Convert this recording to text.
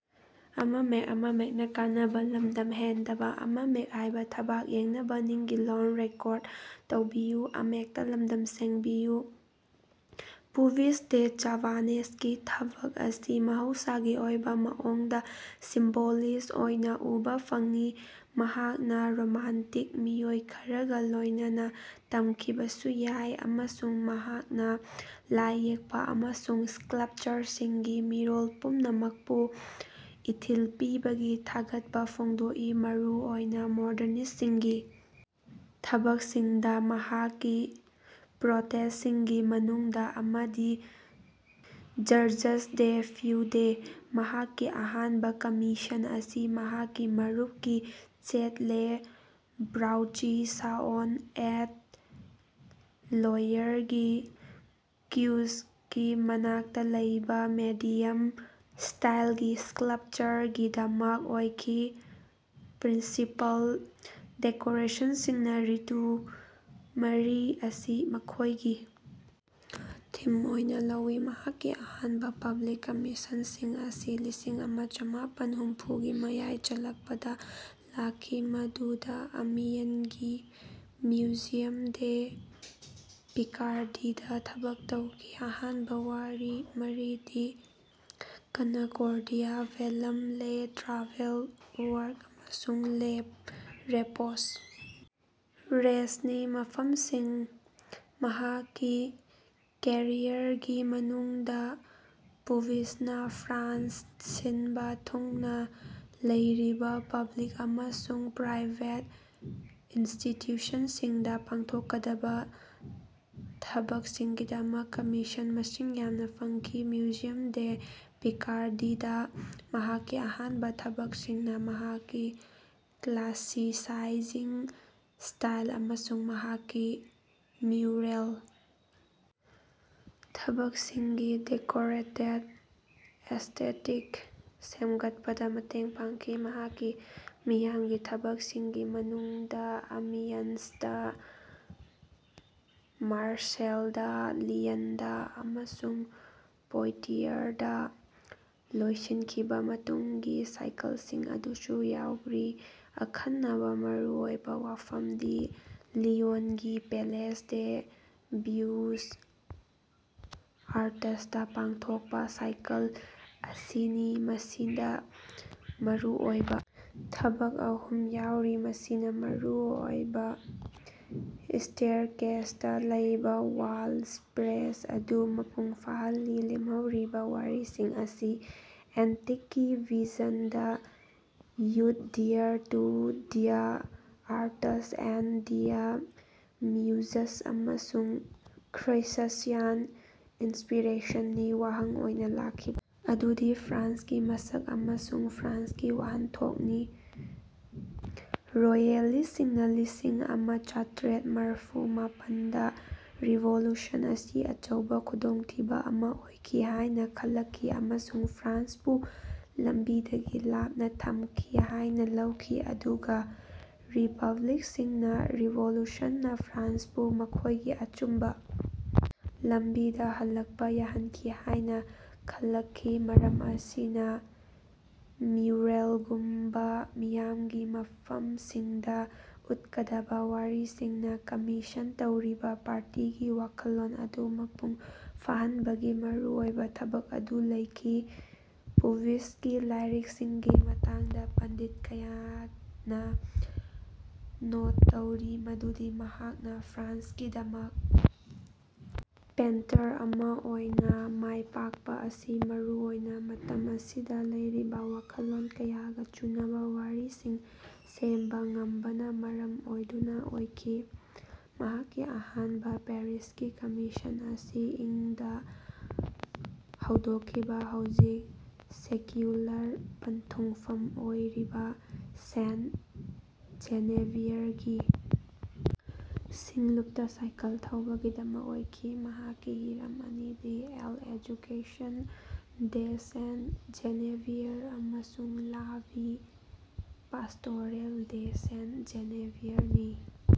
ꯄꯨꯚꯤꯁ ꯗꯦ ꯆꯥꯚꯥꯅꯦꯁꯀꯤ ꯊꯕꯛ ꯑꯁꯤ ꯃꯍꯧꯁꯥꯒꯤ ꯑꯣꯏꯕ ꯃꯑꯣꯡꯗ ꯁꯤꯝꯕꯣꯂꯤꯁ꯭ꯠ ꯑꯣꯏꯅ ꯎꯕꯥ ꯐꯪꯏ ꯃꯍꯥꯛꯅꯥ ꯔꯣꯃꯥꯟꯇꯤꯛ ꯃꯤꯑꯣꯏ ꯈꯔꯒꯥ ꯂꯣꯏꯅꯅꯥ ꯇꯝꯈꯤꯕꯁꯨ ꯌꯥꯏ ꯑꯃꯁꯨꯡ ꯃꯍꯥꯛꯅꯥ ꯂꯥꯏꯌꯦꯛꯄ ꯑꯃꯁꯨꯡ ꯁ꯭ꯀꯜꯄꯆꯥꯔꯁꯤꯡꯒꯤ ꯃꯤꯔꯣꯜ ꯄꯨꯝꯅꯃꯛꯄꯨ ꯏꯊꯤꯜ ꯄꯤꯕꯒꯤ ꯊꯥꯒꯠꯄꯥ ꯐꯣꯡꯗꯣꯛꯏ ꯃꯔꯨ ꯑꯣꯏꯅꯥ ꯃꯣꯗꯔꯅꯤꯁ꯭ꯠꯁꯤꯡꯒꯤ ꯊꯕꯛꯁꯤꯡꯗꯥ ꯃꯍꯥꯛꯀꯤ ꯄ꯭ꯔꯣꯇꯦꯖꯁꯤꯡꯒꯤ ꯃꯅꯨꯡꯗ ꯑꯃꯗꯤ ꯖꯔꯖꯁ ꯗꯦ ꯐꯦꯎꯔꯦ꯫ ꯃꯍꯥꯛꯀꯤ ꯑꯍꯥꯟꯕ ꯀꯃꯤꯁꯟ ꯑꯁꯤ ꯃꯍꯥꯛꯀꯤ ꯃꯔꯨꯞꯀꯤ ꯆꯦꯠ ꯂꯦ ꯕ꯭ꯔꯥꯎꯆꯤ ꯁꯥꯑꯣꯟ ꯑꯦꯠ ꯂꯣꯌꯔꯒꯤ ꯀ꯭ꯌꯨꯏꯖꯒꯤ ꯃꯅꯥꯛꯇꯥ ꯂꯩꯕꯥ ꯃꯦꯗꯤꯌꯝ ꯁ꯭ꯇꯥꯏꯜꯒꯤ ꯁ꯭ꯇꯔꯛꯆꯔꯒꯤꯗꯃꯛ ꯑꯣꯏꯈꯤ꯫ ꯄ꯭ꯔꯤꯟꯁꯤꯄꯥꯜ ꯗꯦꯀꯣꯔꯦꯁꯟꯁꯤꯡꯅꯥ ꯔꯤꯇꯨ ꯃꯔꯤ ꯑꯁꯤ ꯃꯈꯣꯏꯒꯤ ꯊꯤꯝ ꯑꯣꯏꯅꯥ ꯂꯧꯏ꯫ ꯃꯍꯥꯛꯀꯤ ꯑꯍꯥꯟꯕꯥ ꯄꯕ꯭ꯂꯤꯛ ꯀꯃꯤꯁꯟꯁꯤꯡ ꯑꯁꯤ ꯂꯤꯁꯤꯡ ꯑꯃ ꯆꯃꯥꯄꯟ ꯍꯨꯝꯐꯨꯒꯤ ꯃꯌꯥꯏ ꯆꯜꯂꯛꯄꯗꯥ ꯂꯥꯛꯈꯤ ꯃꯗꯨꯗꯥ ꯑꯃꯤꯌꯟꯒꯤ ꯃ꯭ꯌꯨꯖꯤꯌꯝ ꯗꯦ ꯄꯤꯀꯥꯔꯗꯤꯗꯥ ꯊꯕꯛ ꯇꯧꯈꯤ꯫ ꯑꯍꯥꯟꯕ ꯋꯥꯔꯤ ꯃꯔꯤꯗꯤ ꯀꯅꯀꯣꯔꯗꯤꯌꯥ ꯕꯦꯜꯂꯝ ꯂꯦ ꯇ꯭ꯔꯥꯚꯦꯜ ꯋꯥꯔꯛ ꯑꯃꯁꯨꯡ ꯂꯦ ꯔꯦꯄꯣꯁ ꯔꯦꯁ꯭ꯠ ꯅꯤ꯫ ꯃꯐꯝꯁꯤꯡ ꯃꯍꯥꯛꯀꯤ ꯀꯦꯔꯤꯌꯔꯒꯤ ꯃꯅꯨꯡꯗ ꯄꯨꯚꯤꯁꯅꯥ ꯐ꯭ꯔꯥꯟꯁ ꯁꯤꯟꯕ ꯊꯨꯡꯅꯥ ꯂꯩꯔꯤꯕ ꯄꯕ꯭ꯂꯤꯛ ꯑꯃꯁꯨꯡ ꯄ꯭ꯔꯥꯏꯕꯦꯠ ꯏꯟꯁꯇꯤꯇ꯭ꯌꯨꯁꯟꯁꯤꯡꯗꯥ ꯄꯥꯡꯊꯣꯛꯀꯗꯕꯥ ꯊꯥꯕꯛꯁꯤꯡꯒꯤꯗꯃꯛ ꯀꯝꯃꯤꯁꯟ ꯃꯁꯤꯡ ꯌꯥꯝꯅꯥ ꯐꯪꯈꯤ꯫ ꯃ꯭ꯌꯨꯖꯤꯌꯝ ꯗꯦ ꯄꯤꯀꯥꯔꯗꯤꯗꯥ ꯃꯍꯥꯛꯀꯤ ꯑꯍꯥꯟꯕ ꯊꯕꯛꯁꯤꯡꯅꯥ ꯃꯍꯥꯛꯀꯤ ꯀ꯭ꯂꯥꯁꯤꯁꯥꯏꯖꯤꯡ ꯁ꯭ꯇꯥꯏꯜ ꯑꯃꯁꯨꯡ ꯃꯍꯥꯛꯀꯤ ꯃ꯭ꯌꯨꯔꯦꯜ ꯊꯕꯛꯁꯤꯡꯒꯤ ꯗꯦꯀꯣꯔꯦꯇꯦꯗ ꯑꯦꯁ꯭ꯇꯦꯇꯤꯛ ꯁꯦꯝꯒꯠꯄꯗꯥ ꯃꯇꯦꯡ ꯄꯥꯡꯈꯤ꯫ ꯃꯍꯥꯛꯀꯤ ꯃꯤꯌꯥꯝꯒꯤ ꯊꯕꯛꯁꯤꯡꯒꯤ ꯃꯅꯨꯡꯗ ꯑꯃꯤꯌꯟꯁꯇꯥ ꯃꯥꯔꯁꯦꯜꯗꯥ ꯂꯤꯌꯟꯗꯥ ꯑꯃꯁꯨꯡ ꯄꯣꯏꯇꯤꯌꯔꯗꯥ ꯂꯣꯏꯁꯤꯟꯈꯤꯕ ꯃꯇꯨꯡꯒꯤ ꯁꯥꯏꯀꯜꯁꯤꯡ ꯑꯗꯨꯁꯨ ꯌꯥꯎꯔꯤ꯫ ꯑꯈꯟꯅꯕ ꯃꯔꯨꯑꯣꯏꯕ ꯋꯥꯐꯝꯗꯤ ꯂꯤꯌꯣꯟꯒꯤ ꯄꯦꯂꯦꯁ ꯗꯦ ꯕꯤꯎꯁ ꯑꯥꯔꯇꯁꯇꯥ ꯄꯥꯡꯊꯣꯛꯄꯥ ꯁꯥꯏꯀꯜ ꯑꯁꯤꯅꯤ ꯃꯁꯤꯗꯥ ꯃꯔꯨꯑꯣꯏꯕ ꯊꯕꯛ ꯑꯍꯨꯝ ꯌꯥꯎꯔꯤ ꯃꯁꯤꯅꯥ ꯃꯔꯨꯑꯣꯏꯕ ꯁ꯭ꯇꯦꯔꯀꯦꯁꯇꯥ ꯂꯩꯕꯥ ꯋꯥꯜ ꯁ꯭ꯄꯦꯁ ꯑꯗꯨ ꯃꯄꯨꯡ ꯐꯥꯍꯜꯂꯤ꯫ ꯂꯦꯝꯍꯧꯔꯤꯕ ꯋꯥꯔꯤꯁꯤꯡ ꯑꯁꯤ ꯑꯦꯟꯇꯤꯛꯀꯤ vision the wood dear to the arts and the muses ꯑꯃꯁꯨꯡ ꯈ꯭ꯔ꯭ꯏꯁꯠ ꯁꯤꯌꯥꯟ ꯏꯟꯁꯄꯤꯔꯦꯁꯟ ꯅꯤ꯫ ꯋꯥꯍꯪ ꯑꯣꯏꯅꯥ ꯂꯥꯛꯈꯤꯕ ꯑꯗꯨꯗꯤ ꯐ꯭ꯔꯥꯟꯁꯀꯤ ꯃꯁꯛ ꯑꯃꯁꯨꯡ ꯐ꯭ꯔꯥꯟꯁꯀꯤ ꯋꯥꯍꯟꯊꯣꯛꯅꯤ꯫ ꯔꯣꯌꯦꯂꯤꯁ꯭ꯠꯁꯤꯡꯅꯥ ꯂꯤꯁꯤꯡ ꯑꯃ ꯆꯥꯇ꯭ꯔꯦꯠ ꯃꯔꯐꯨ ꯃꯥꯄꯟꯗ ꯔꯤꯚꯣꯂꯨꯁꯟ ꯑꯁꯤ ꯑꯆꯧꯕ ꯈꯨꯗꯣꯡꯊꯤꯕ ꯑꯃꯥ ꯑꯣꯏꯈꯤ ꯍꯥꯏꯅꯥ ꯈꯜꯂꯛꯈꯤ ꯑꯃꯁꯨꯡ ꯐ꯭ꯔꯥꯟꯁꯄꯨ ꯂꯝꯕꯤꯗꯒꯤ ꯂꯥꯞꯅꯥ ꯊꯝꯈꯤ ꯍꯥꯏꯅꯥ ꯂꯧꯈꯤ ꯑꯗꯨꯒꯥ ꯔꯤꯄꯕ꯭ꯂꯤꯛꯁꯤꯡꯅꯥ ꯔꯤꯚꯣꯂꯨꯁꯟꯅꯥ ꯐ꯭ꯔꯥꯟꯁꯄꯨ ꯃꯈꯣꯏꯒꯤ ꯑꯆꯨꯝꯕ ꯂꯝꯕꯤꯗꯥ ꯍꯜꯂꯛꯄꯥ ꯌꯥꯍꯟꯈꯤ ꯍꯥꯏꯅꯥ ꯈꯜꯂꯛꯈꯤ꯫ ꯃꯔꯝ ꯑꯁꯤꯅꯥ ꯃ꯭ꯌꯨꯔꯦꯜꯒꯨꯝꯕ ꯃꯤꯌꯥꯝꯒꯤ ꯃꯐꯝꯁꯤꯡꯗꯥ ꯎꯠꯀꯗꯕꯥ ꯋꯥꯔꯤꯁꯤꯡꯅꯥ ꯀꯝꯃꯤꯁꯟ ꯇꯧꯔꯤꯕꯥ ꯄꯥꯔꯇꯤꯒꯤ ꯋꯥꯈꯜꯂꯣꯟ ꯑꯗꯨ ꯃꯄꯨꯡ ꯐꯥꯍꯟꯕꯒꯤ ꯃꯔꯨꯑꯣꯏꯕ ꯊꯕꯛ ꯑꯗꯨ ꯂꯩꯈꯤ꯫ ꯄꯨꯚꯤꯁꯀꯤ ꯂꯥꯏꯔꯤꯛꯁꯤꯡꯒꯤ ꯃꯇꯥꯡꯗ ꯄꯟꯗꯤꯠ ꯀꯌꯥꯅꯥ ꯅꯣꯠ ꯇꯧꯔꯤ ꯃꯗꯨꯗꯤ ꯃꯍꯥꯛꯅꯥ ꯐ꯭ꯔꯥꯟꯁꯀꯤꯗꯃꯛ ꯄꯦꯟꯇꯔ ꯑꯃꯥ ꯑꯣꯏꯅꯥ ꯃꯥꯏꯄꯥꯛꯄꯥ ꯑꯁꯤ ꯃꯔꯨ ꯑꯣꯏꯅꯥ ꯃꯇꯝ ꯑꯁꯤꯗꯥ ꯂꯩꯔꯤꯕꯥ ꯋꯥꯈꯜꯂꯣꯟ ꯀꯌꯥꯒꯥ ꯆꯨꯅꯕ ꯋꯥꯔꯤꯁꯤꯡ ꯁꯦꯝꯕ ꯉꯝꯕꯅꯥ ꯃꯔꯝ ꯑꯣꯏꯗꯨꯅꯥ ꯑꯣꯏꯈꯤ꯫ ꯃꯍꯥꯛꯀꯤ ꯑꯍꯥꯟꯕ ꯄꯦꯔꯤꯁꯀꯤ ꯀꯃꯤꯁꯟ ꯑꯁꯤ ꯏꯪ ꯗꯥ ꯍꯧꯗꯣꯛꯈꯤꯕ ꯍꯧꯖꯤꯛ ꯁꯦꯀ꯭ꯌꯨꯂꯔ ꯄꯟꯊꯨꯡꯐꯝ ꯑꯣꯏꯔꯤꯕ ꯁꯦꯟꯠ ꯖꯦꯅꯦꯚꯤꯌꯔꯒꯤ ꯁꯤꯡꯂꯨꯄꯇꯥ ꯁꯥꯏꯀꯜ ꯊꯧꯕꯒꯤꯗꯃꯛ ꯑꯣꯏꯈꯤ꯫ ꯃꯍꯥꯛꯀꯤ ꯍꯤꯔꯝ ꯑꯅꯤꯗꯤ L Education de Sainte Genevieve ꯑꯃꯁꯨꯡ La Vie pastorale de Sainte ꯖꯦꯅꯦꯚꯤꯌꯔꯅꯤ꯫